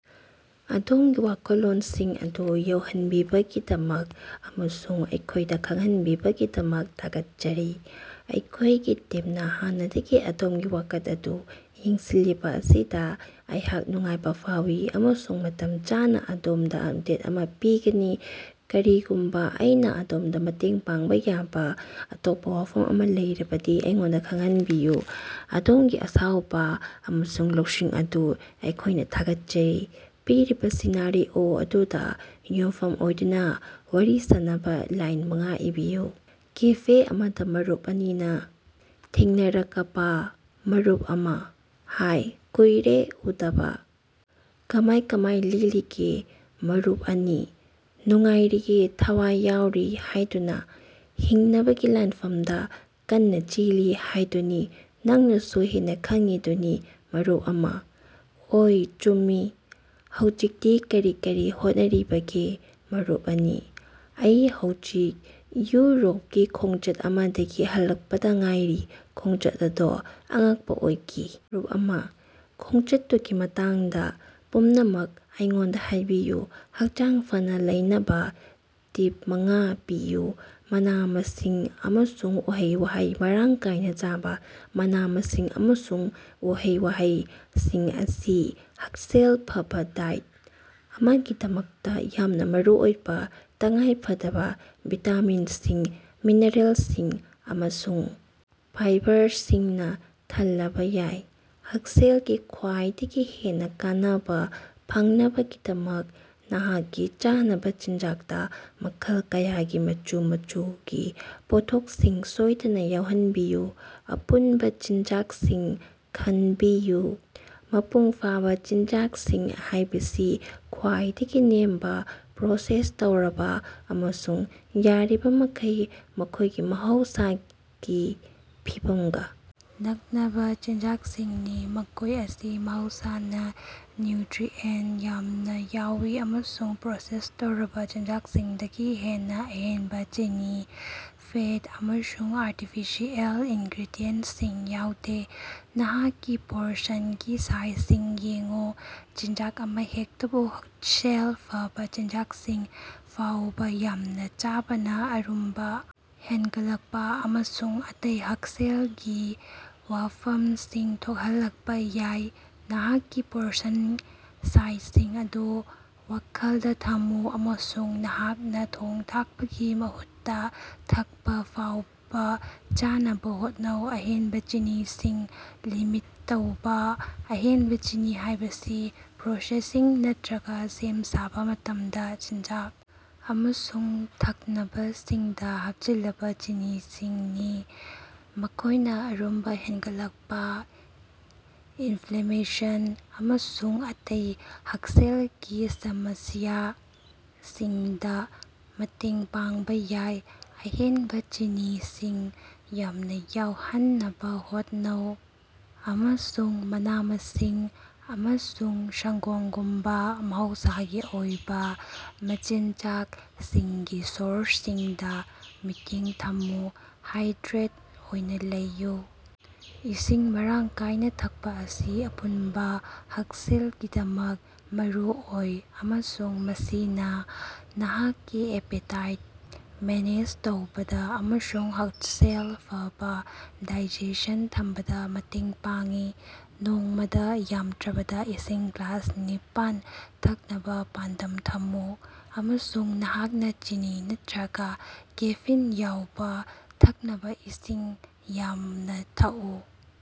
ꯑꯗꯣꯝꯒꯤ ꯋꯥꯈꯜꯂꯣꯟꯁꯤꯡ ꯑꯗꯨ ꯌꯧꯍꯟꯕꯤꯕꯒꯤꯗꯃꯛ ꯑꯃꯁꯨꯡ ꯑꯩꯈꯣꯏꯗ ꯈꯪꯍꯟꯕꯤꯕꯒꯤꯗꯃꯛ ꯊꯥꯒꯠꯆꯔꯤ꯫ ꯑꯩꯈꯣꯏꯒꯤ ꯇꯤꯝꯅ ꯍꯥꯟꯅꯗꯒꯤ ꯑꯗꯣꯝꯒꯤ ꯋꯥꯀꯠ ꯑꯗꯨ ꯌꯦꯡꯁꯤꯜꯂꯤꯕ ꯑꯁꯤꯗ ꯑꯩꯍꯥꯛ ꯅꯨꯡꯉꯥꯏꯕ ꯐꯥꯎꯏ ꯑꯃꯁꯨꯡ ꯃꯇꯝ ꯆꯥꯅ ꯑꯗꯣꯝꯗ ꯑꯞꯗꯦꯠ ꯑꯃ ꯄꯤꯒꯅꯤ꯫ ꯀꯔꯤꯒꯨꯝꯕ ꯑꯩꯅ ꯑꯗꯣꯝꯗ ꯃꯇꯦꯡ ꯄꯥꯡꯕ ꯌꯥꯕ ꯑꯇꯣꯞꯄ ꯋꯥꯐꯝ ꯑꯃ ꯂꯩꯔꯕꯗꯤ ꯑꯩꯉꯣꯟꯗ ꯈꯪꯍꯟꯕꯤꯌꯨ꯫ ꯑꯗꯣꯝꯒꯤ ꯑꯁꯥꯎꯕ ꯑꯃꯁꯨꯡ ꯂꯧꯁꯤꯡ ꯑꯗꯨ ꯑꯩꯈꯣꯏꯅ ꯊꯥꯒꯠꯆꯔꯤ꯫ ꯄꯤꯔꯤꯕ ꯁꯤꯅꯥꯔꯤꯑꯣ ꯑꯗꯨꯗ ꯌꯨꯝꯐꯝ ꯑꯣꯏꯗꯨꯅ ꯋꯥꯔꯤ ꯁꯥꯟꯅꯕ ꯂꯥꯏꯟ ꯃꯉꯥ ꯏꯕꯤꯌꯨ꯫ ꯀꯦꯐꯦ ꯑꯃꯗ ꯃꯔꯨꯞ ꯑꯅꯤꯅ ꯊꯦꯡꯅꯔꯀꯄꯥ- ꯃꯔꯨꯞ ꯑꯃ: ꯍꯥꯏ, ꯀꯨꯏꯔꯦ ꯎꯗꯕ! ꯀꯃꯥꯏ ꯀꯃꯥꯏ ꯂꯦꯜꯂꯤꯒꯦ? ꯃꯔꯨꯞ ꯑꯅꯤ: ꯅꯨꯡꯉꯥꯏꯔꯤꯌꯦ, ꯊꯋꯥꯏ ꯌꯥꯎꯔꯤ ꯍꯥꯏꯗꯨꯅꯤ ꯍꯤꯡꯅꯕꯒꯤ ꯂꯥꯟꯐꯝꯗ ꯀꯟꯅ ꯆꯦꯜꯂꯤ ꯍꯥꯏꯗꯨꯅꯤ ꯅꯪꯅꯁꯨ ꯍꯦꯟꯅ ꯈꯪꯉꯤꯗꯨꯅꯤ꯫ ꯃꯔꯨꯞ ꯑꯃ: ꯑꯣꯏ, ꯆꯨꯝꯃꯤ꯫ꯍꯧꯖꯤꯛꯇꯤ ꯀꯔꯤ ꯀꯔꯤ ꯍꯣꯠꯅꯔꯤꯕꯒꯦ? ꯃꯔꯨꯞ ꯑꯅꯤ: ꯑꯩ ꯍꯧꯖꯤꯛ ꯌꯨꯔꯣꯞꯀꯤ ꯈꯣꯡꯆꯠ ꯑꯃꯗꯒꯤ ꯍꯜꯂꯛꯄꯗ ꯉꯥꯏꯔꯤ꯫ ꯈꯣꯡꯆꯠ ꯑꯗꯣ ꯑꯉꯛꯄ ꯑꯣꯏꯈꯤ! ꯃꯔꯨꯞ ꯑꯃ: ꯈꯣꯡꯆꯠꯇꯨꯒꯤ ꯃꯇꯥꯡꯗ ꯄꯨꯝꯅꯃꯛ ꯑꯩꯉꯣꯟꯗ ꯍꯥꯏꯕꯤꯌꯨ꯫ ꯍꯛꯆꯥꯡ ꯐꯅ ꯂꯩꯅꯕ ꯇꯤꯞ ꯃꯉꯥ ꯄꯤꯌꯨ꯫ ꯃꯅꯥ-ꯃꯁꯤꯡ ꯑꯃꯁꯨꯡ ꯎꯍꯩ-ꯋꯥꯍꯩ ꯃꯔꯥꯡ ꯀꯥꯏꯅ ꯆꯥꯕ: ꯃꯅꯥ-ꯃꯁꯤꯡ ꯑꯃꯁꯨꯡ ꯎꯍꯩ-ꯋꯥꯍꯩꯁꯤꯡ ꯑꯁꯤ ꯍꯛꯁꯦꯜ ꯐꯕ ꯗꯥꯏꯠ ꯑꯃꯒꯤꯗꯃꯛꯇ ꯌꯥꯝꯅ ꯃꯔꯨꯑꯣꯏꯕ ꯇꯉꯥꯏꯐꯗꯕ ꯚꯤꯇꯥꯃꯤꯟꯁꯤꯡ, ꯃꯤꯅꯔꯦꯜꯁꯤꯡ ꯑꯃꯁꯨꯡ ꯐꯥꯏꯕꯔꯁꯤꯡꯅ ꯊꯜꯂꯕ ꯌꯥꯏ꯫ ꯍꯛꯁꯦꯜꯒꯤ ꯈ꯭ꯋꯥꯏꯗꯒꯤ ꯍꯦꯟꯅ ꯀꯥꯟꯅꯕ ꯐꯪꯅꯕꯒꯤꯗꯃꯛ ꯅꯍꯥꯛꯀꯤ ꯆꯥꯅꯕ ꯆꯤꯟꯖꯥꯛꯇ ꯃꯈꯜ ꯀꯌꯥꯒꯤ ꯃꯆꯨ ꯃꯆꯨꯒꯤ ꯄꯣꯠꯊꯣꯛꯁꯤꯡ ꯁꯣꯏꯗꯅ ꯌꯥꯎꯍꯟꯕꯤꯌꯨ꯫ ꯑꯄꯨꯟꯕ ꯆꯤꯟꯖꯥꯛꯁꯤꯡ ꯈꯟꯕꯤꯌꯨ: ꯃꯄꯨꯡꯐꯥꯕ ꯆꯤꯟꯖꯥꯛꯁꯤꯡ ꯍꯥꯏꯕꯁꯤ ꯈ꯭ꯋꯥꯏꯗꯒꯤ ꯅꯦꯝꯕ ꯄ꯭ꯔꯣꯁꯦꯁ ꯇꯧꯔꯕ ꯑꯃꯁꯨꯡ ꯌꯥꯔꯤꯕꯃꯈꯩ ꯃꯈꯣꯏꯒꯤ ꯃꯍꯧꯁꯥꯒꯤ ꯐꯤꯚꯝꯒ ꯅꯛꯅꯕ ꯆꯤꯟꯖꯥꯛꯁꯤꯡꯅꯤ꯫ ꯃꯈꯣꯏ ꯑꯁꯤ ꯃꯍꯧꯁꯥꯅ ꯅ꯭ꯌꯨꯇ꯭ꯔꯤꯑꯦꯟꯇ ꯌꯥꯝꯅ ꯌꯥꯎꯏ ꯑꯃꯁꯨꯡ ꯄ꯭ꯔꯣꯁꯦꯁ ꯇꯧꯔꯕ ꯆꯤꯟꯖꯥꯛꯁꯤꯡꯗꯒꯤ ꯍꯦꯟꯅ ꯑꯍꯦꯟꯕ ꯆꯤꯅꯤ, ꯐꯦꯠ ꯑꯃꯁꯨꯡ ꯑꯥꯔꯇꯤꯐꯤꯁꯤꯑꯦꯜ ꯏꯟꯒ꯭ꯔꯦꯗꯤꯌꯦꯟꯇꯁꯤꯡ ꯌꯥꯎꯗꯦ꯫ ꯅꯍꯥꯛꯀꯤ ꯄꯣꯔꯁꯟꯒꯤ ꯁꯥꯏꯖꯁꯤꯡ ꯌꯦꯡꯎ: ꯆꯤꯟꯖꯥꯛ ꯑꯃꯍꯦꯛꯇꯕꯨ ꯍꯛꯁꯦꯜ ꯐꯕ ꯆꯤꯟꯖꯥꯛꯁꯤꯡ ꯐꯥꯎꯕ ꯌꯥꯝꯅ ꯆꯥꯕꯅ ꯑꯔꯨꯝꯕ ꯍꯦꯟꯒꯠꯂꯛꯄ ꯑꯃꯁꯨꯡ ꯑꯇꯩ ꯍꯛꯁꯦꯜꯒꯤ ꯋꯥꯐꯝꯁꯤꯡ ꯊꯣꯛꯍꯜꯂꯛꯄ ꯌꯥꯏ꯫ ꯅꯍꯥꯛꯀꯤ ꯄꯣꯔꯁꯟ ꯁꯥꯏꯖꯁꯤꯡ ꯑꯗꯨ ꯋꯥꯈꯜꯗ ꯊꯝꯃꯨ ꯑꯃꯁꯨꯡ ꯅꯍꯥꯛꯅ ꯊꯣꯡ-ꯊꯥꯛꯄꯒꯤ ꯃꯍꯨꯠꯇ ꯊꯛꯄ ꯐꯥꯎꯕ ꯆꯥꯅꯕ ꯍꯣꯠꯅꯧ꯫ ꯑꯍꯦꯟꯕ ꯆꯤꯅꯤꯁꯤꯡ ꯂꯤꯃꯤꯠ ꯇꯧꯕ: ꯑꯍꯦꯟꯕ ꯆꯤꯅꯤ ꯍꯥꯏꯕꯁꯤ ꯄ꯭ꯔꯣꯁꯦꯁꯤꯡ ꯅꯠꯇ꯭ꯔꯒ ꯁꯦꯝ-ꯁꯥꯕ ꯃꯇꯝꯗ ꯆꯤꯟꯖꯥꯛ ꯑꯃꯁꯨꯡ ꯊꯛꯅꯕꯁꯤꯡꯗ ꯍꯥꯞꯆꯤꯜꯂꯕ ꯆꯤꯅꯤꯁꯤꯡꯅꯤ꯫ ꯃꯈꯣꯏꯅ ꯑꯔꯨꯝꯕ ꯍꯦꯟꯒꯠꯂꯛꯄ, ꯏꯟꯐ꯭ꯂꯦꯃꯦꯁꯟ ꯑꯃꯁꯨꯡ ꯑꯇꯩ ꯍꯛꯁꯦꯜꯒꯤ ꯁꯃꯁ꯭ꯌꯥꯁꯤꯡꯗ ꯃꯇꯦꯡ ꯄꯥꯡꯕ ꯌꯥꯏ꯫ ꯑꯍꯦꯟꯕ ꯆꯤꯅꯤꯁꯤꯡ ꯌꯥꯝꯅ ꯌꯥꯎꯍꯟꯅꯕ ꯍꯣꯠꯅꯧ ꯑꯃꯁꯨꯡ ꯃꯅꯥ-ꯃꯁꯤꯡ ꯑꯃꯁꯨꯡ ꯁꯪꯒꯣꯝꯒꯨꯝꯕ ꯃꯍꯧꯁꯥꯒꯤ ꯑꯣꯏꯕ ꯃꯆꯤꯟꯖꯥꯛꯁꯤꯡꯒꯤ ꯁꯣꯔꯁꯁꯤꯡꯗ ꯃꯤꯠꯌꯦꯡ ꯊꯝꯃꯨ꯫ ꯍꯥꯏꯗ꯭ꯔꯦꯠ ꯑꯣꯏꯅ ꯂꯩꯌꯨ: ꯏꯁꯤꯡ ꯃꯔꯥꯡ ꯀꯥꯏꯅ ꯊꯛꯄ ꯑꯁꯤ ꯑꯄꯨꯟꯕ ꯍꯛꯁꯦꯜꯒꯤꯗꯃꯛ ꯃꯔꯨꯑꯣꯏ ꯑꯃꯁꯨꯡ ꯃꯁꯤꯅ ꯅꯍꯥꯛꯀꯤ ꯑꯦꯄꯦꯇꯥꯏꯠ ꯃꯦꯅꯦꯖ ꯇꯧꯕꯗ ꯑꯃꯁꯨꯡ ꯍꯛꯁꯦꯜ ꯐꯕ ꯗꯥꯏꯖꯦꯁꯟ ꯊꯝꯕꯗ ꯃꯇꯦꯡ ꯄꯥꯡꯏ꯫ ꯅꯣꯡꯃꯗ ꯌꯥꯝꯗ꯭ꯔꯕꯗ ꯏꯁꯤꯡ ꯒ꯭ꯂꯥꯁ ꯅꯤꯄꯥꯟ ꯊꯛꯅꯕ ꯄꯥꯟꯗꯝ ꯊꯝꯃꯨ ꯑꯃꯁꯨꯡ ꯅꯍꯥꯛꯅ ꯆꯤꯅꯤ ꯅꯠꯇ꯭ꯔꯒ ꯀꯦꯐꯤꯟ ꯌꯥꯎꯕ ꯊꯛꯅꯕ ꯏꯁꯤꯡ ꯌꯥꯝꯅ ꯊꯛꯎ꯫